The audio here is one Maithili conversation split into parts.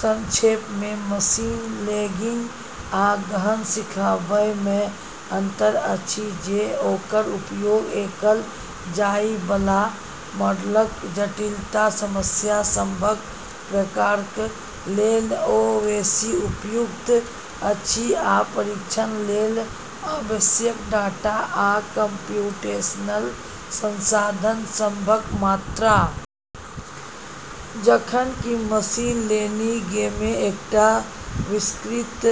संक्षेपमे, मशीन लगिंग आ गहन सिखबामे अंतर अछि जे ओकर उपयोग कएल जाए बला मॉडलक जटिलता, समस्या सभक प्रकारक लेल ओ बेसी उपयुक्त अछि, आ प्रशिक्षण लेल आवश्यक डाटा आ कम्प्यूटेशनल संसाधन सभक मात्रा। जखन कि मशीन लनिगेमे एकटा विस्तृत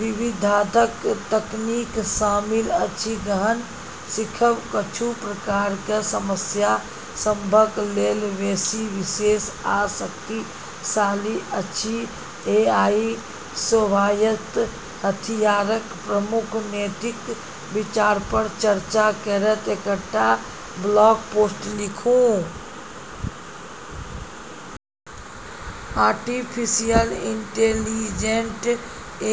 विविधताक तकनीक शामिल अछि, गहन सिखब किछु प्रकारक समस्या सभक लेल बेसी विशेष आ शक्तिशाली अछि। एआई स्वायत्त हथियारक प्रमुख नैतिक विचारपर चर्चा करैत एकटा ब्लॉग पोस्ट लिखू। आर्टिफिशियल इंटेलिजेंट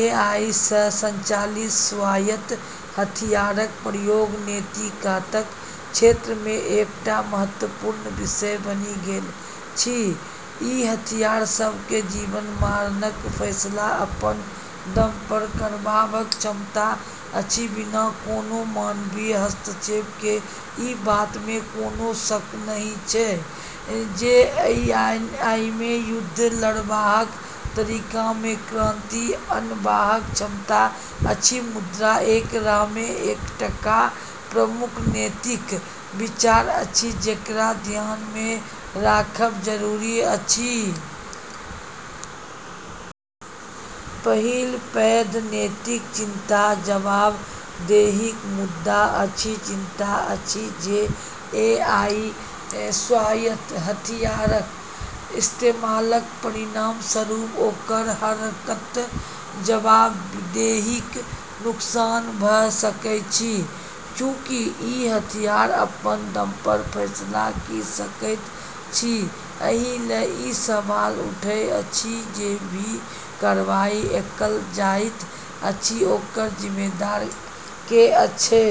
(एआई) सँ संचालित स्वायत्त हथियारक प्रयोग नैतिकताक क्षेत्रमे एकटा महत्वपूर्ण विषय बनि गेल अछि। ई हथियार सभमे जीवन-मरणक फैसला अपन दमपर करबाक क्षमता अछि, बिना कोनो मानवीय हस्तक्षेप केँ। ई बातमे कोनो शक नहि अछि जे एआईमे युद्ध लड़बाक तरीकामे क्रांति आनबाक क्षमता अछि, मुदा एकरामे कएकटा प्रमुख नैतिक विचार अछि जेकरा ध्यानमे राखब जरूरी अछि। पहिल पैघ नैतिक चिंता जवाबदेहीक मुद्दा अछि। चिंता अछि जे एआई स्वायत्त हथियारक इस्तेमालक परिणामस्वरूप ओकर हरकतक जवाबदेहीक नुकसान भऽ सकैत छि। चूँकि ई हथियार अपन दमपर फैसला कइ सकैत छि, एहिलेल ई सवाल उठैत अछि जे जे भी कार्रवाई कएल जाइत अछि ओकर जिम्मेदार के अछे।